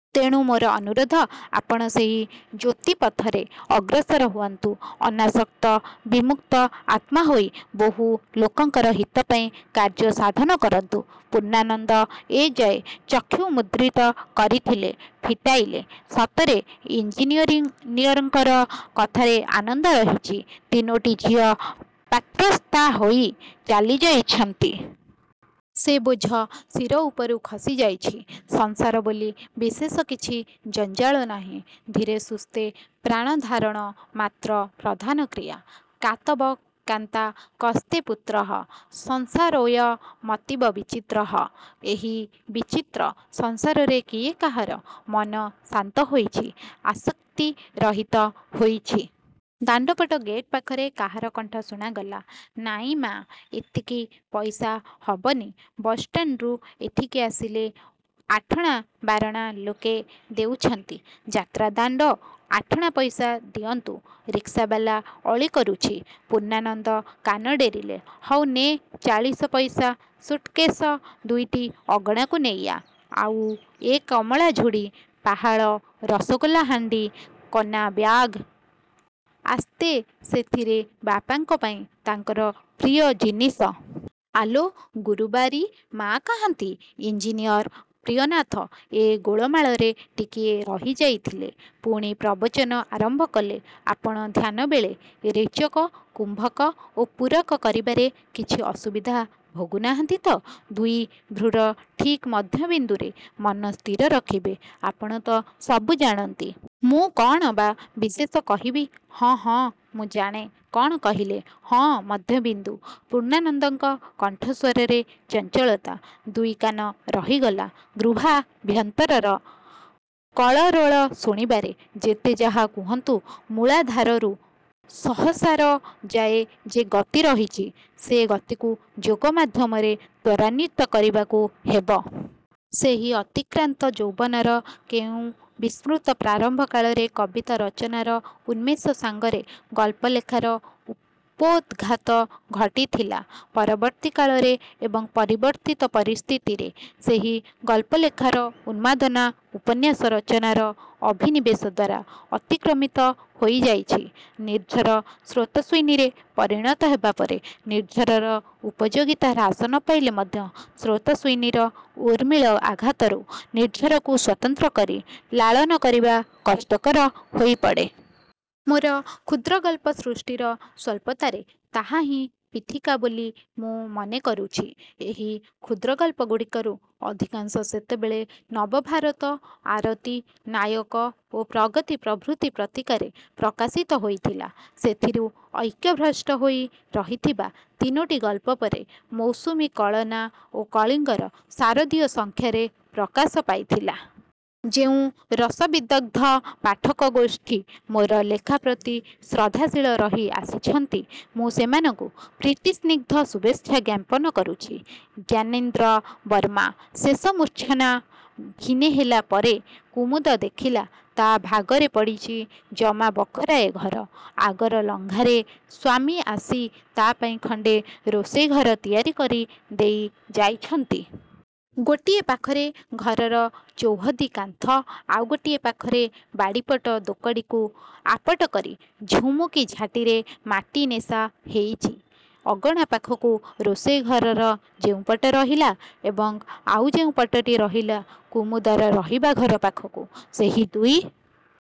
ତେଣୁ ମୋର ଅନୁରୋଧ, ଆପଣ ସେହି ଜ୍ୟୋତି ପଥରେ ଅଗ୍ରସର ହୁଅନ୍ତୁ... ଅନାସକ୍ତ ବିମୁକ୍ତ-ଆତ୍ମା ହୋଇ ବହୁ ଲୋକଙ୍କର ହିତ ପାଇଁ କାର୍ଯ୍ୟ ସାଧନ କରନ୍ତୁ"। ପୂର୍ଣ୍ଣାନନ୍ଦ ଏଯାଏ ଚକ୍ଷୁ ମୁଦ୍ରିତ କରିଥିଲେ, ଫିଟାଇଲେ। ସତରେ ଇଞ୍ଜିନିୟରଙ୍କର କଥାରେ ଆନନ୍ଦ ରହିଛି। ତିନୋଟି ଝିଅ ପାତ୍ରସ୍ଥାହୋଇ ଚାଲିଯାଇଛନ୍ତି। ସେ ବୋଝ ଶିର ଉପରୁ ଖସିଯାଇଛି। ସଂସାର ବୋଲି ବିଶେଷ କିଛି ଜଞ୍ଜାଳ ନାହିଁ। ଧୀରେ ସୁସ୍ଥେ ପ୍ରାଣଧାରଣ ମାତ୍ର ପ୍ରଧାନ କ୍ରିୟା। "କାତବ କାନ୍ତା କସ୍ତେ ପୁତ୍ରଃ, ସଂସାରୋଽୟ ମତୀବ ବିଚିତ୍ରଃ"। ଏହି ବିଚିତ୍ର ସଂସାରରେ କିଏ କାହାର? ମନ ଶାନ୍ତ ହୋଇଛି, ଆସକ୍ତିରହିତ ହୋଇଛି। ଦାଣ୍ଡପଟ ଗେଟ୍ ପାଖରେ କାହାର କଣ୍ଠ ଶୁଣାଗଲା-"ନାଇଁ ମା, ଏତିକି ପଇସା ହବନି, ବସ୍ ଷ୍ଟାଣ୍ଡରୁ ଏଠିକି ଆସିଲେ ଆଠଣା ବାରଣା ଲୋକେ ଦେଉଛନ୍ତି, ଯାତ୍ରାଦାଣ୍ଡ, ଆଠଣା ପଇସା ଦିଅନ୍ତୁ। " ରିକ୍ସାବାଲା ଅଳି କରୁଛି। ପୂର୍ଣ୍ଣାନନ୍ଦ କାନ ଡେରିଲେ-"ହଉ ନେ ଚାଳିଶପଇସା, ସୁଟ୍କେଶ ଦୁଇଟି ଅଗଣାକୁ ନେଇଆ, ଆଉ ଏ କମଳାଝୁଡ଼ି, ପାହାଳ ରସଗୋଲାହାଣ୍ଡି, କନାବ୍ୟାଗ, ଆସ୍ତେ, ସେଥିରେ ବାପାଙ୍କ ପାଇଁ ତାଙ୍କର ପ୍ରିୟ ଜିନିଷ। ଆଲୋ ଗୁରୁବାରୀ, ମାଆ କାହାନ୍ତି"? ଇଞ୍ଜିନିୟର ପ୍ରିୟନାଥ ଏ ଗୋଳମାଳରେ ଟିକିଏ ରହିଯାଇଥିଲେ; ପୁଣି ପ୍ରବଚନ ଆରମ୍ଭ କଲେ-"ଆପଣ ଧ୍ୟାନବେଳେ ରେଚକ, କୁମ୍ଭକ ଓ ପୂରକ କରିବାରେ କିଛି ଅସୁବିଧା ଭୋଗୁନାହାନ୍ତି ତ? ଦୁଇ ଭ୍ରୂର ଠିକ୍ ମଧ୍ୟବିନ୍ଦୁରେ ମନ ସ୍ଥିର ରଖିବେ; ଆପଣ ତ ସବୁ ଜାଣନ୍ତି। ମୁଁ କଅଣ ବା ବିଶେଷ କହିବି... " "ହଁ, ହଁ, ମୁଁ ଜାଣେ, କ'ଣ କହିଲେ? ହଁ, ମଧ୍ୟବିନ୍ଦୁ"... ପୂର୍ଣ୍ଣାନନ୍ଦଙ୍କ କଣ୍ଠସ୍ଵରରେ ଚଞ୍ଚଳତା-। ଦୁଇକାନ ରହିଗଲା ଗୃହାଭ୍ୟନ୍ତରର କଳରୋଳ ଶୁଣିବାରେ... "ଯେତେ ଯାହା କୁହନ୍ତୁ ମୂଳାଧାରରୁ ସହସାର ଯାଏ ଯେ ଗତି ରହିଛି, ସେ ଗତିକୁ ଯୋଗମାଧ୍ୟମରେ ତ୍ଵରାନ୍ୱିତ କରିବାକୁ ହେବ। ସେହି ଅତିକ୍ରାନ୍ତ ଯୌବନର କେଉଁ ବିସ୍ମୃତ ପ୍ରାରମ୍ଭ କାଳରେ କବିତା ରଚନାର ଉନ୍ମେଷ ସାଙ୍ଗରେ ଗଳ୍ପ ଲେଖାର ଉପୋଦ୍ଘାତ ଘଟିଥିଲା। ପରବର୍ତ୍ତୀ କାଳରେ ଏବଂ ପରିବର୍ତ୍ତିତ ପରିସ୍ଥିତିରେ ସେହି ଗଳ୍ପଲେଖାର ଉନ୍ମାଦନା ଉପନ୍ୟାସ ରଚନାର ଅଭିନିବେଶଦ୍ଵାରା ଅତିକ୍ରମିତ ହୋଇଯାଇଛି। ନିର୍ଝର ସ୍ରୋତସ୍ୱିନୀରେ ପରିଣତ ହେବା ପରେ ନିର୍ଝରର ଉପଯୋଗିତା ହ୍ରାସ ନ ପାଇଲେ ମଧ୍ୟ ସ୍ରୋତସ୍ୱିନୀର ଉର୍ମିଳ ଆଘାତରୁ ନିର୍ଝରକୁ ସ୍ଵତନ୍ତ୍ର କରି ଲାଳନ କରିବା କଷ୍ଟକର ହୋଇପଡ଼େ। ମୋର କ୍ଷୁଦ୍ରଗଳ୍ପ ସୃଷ୍ଟିର ସ୍ୱଳ୍ପତାରେ ତାହା ହିଁ ପୀଠିକା ବୋଲି ମୁଁ ମନେ କରୁଛି। ଏହି କ୍ଷୁଦ୍ରଗଳ୍ପଗୁଡ଼ିକରୁ ଅଧିକାଂଶ ସେତେବେଳେ ନବଭାରତ, ଆରତି, ନାୟକ ଓ ପ୍ରଗତି ପ୍ରଭୃତି ପତ୍ରିକାରେ ପ୍ରକାଶିତ ହୋଇଥିଲା। ସେଥିରୁ ଐକ୍ୟ ଭ୍ରଷ୍ଟ ହୋଇ ରହିଥିବା ତିନୋଟି ଗଳ୍ପ ପରେ ମୌସୁମୀ, କଳନା ଓ କଳିଙ୍ଗର ଶାରଦୀୟ ସଂଖ୍ୟାରେ ପ୍ରକାଶ ପାଇଥିଲା। ଯେଉଁ ରସବିଦଗ୍ଧ ପାଠକଗୋଷ୍ଠୀ ମୋର ଲେଖା ପ୍ରତି ଶ୍ରଦ୍ଧାଶୀଳ ରହି ଆସିଛନ୍ତି, ମୁଁ ସେମାନଙ୍କୁ ପ୍ରୀତିସ୍ନିଗ୍ଧ ଶୁଭେଚ୍ଛା ଜ୍ଞାପନ କରୁଛି। ଞ୍ଜାନୀନ୍ଦ୍ର ବର୍ମା। ଶେଷ ମୂର୍ଚ୍ଛନା ଭିନେ ହେଲା ପରେ କୁମୁଦ ଦେଖିଲା, ତା ଭାଗରେ ପଡ଼ିଚି ଜମା ବଖରାଏ ଘର। ଆଗର ଲଙ୍ଘାରେ ସ୍ୱାମୀ ଆସି ତା ପାଇଁ ଖଣ୍ଡେ ରୋଷେଇଘର ତିଆରି କରିଦେଇ ଯାଇଛନ୍ତି। ଗୋଟିଏ ପାଖରେ ଘରର ଚୌହଦି କାନ୍ଥ, ଆଉ ଗୋଟିଏ ପାଖରେ ବାଡ଼ିପଟ ଦୋକଡ଼ିକୁ ଆପଟ କରି ଝୁମୁକି ଝାଟିରେ ମାଟି ନେଶା ହେଇଚି। ଅଗଣା ପାଖକୁ ରୋଷେଇଘରର ଯେଉଁପଟ ରହିଲା ଏବଂ ଆଉ ଯେଉଁ ପଟଟି ରହିଲା କୁମୁଦର ରହିବାଘର ପାଖକୁ, ସେହି ଦୁଇ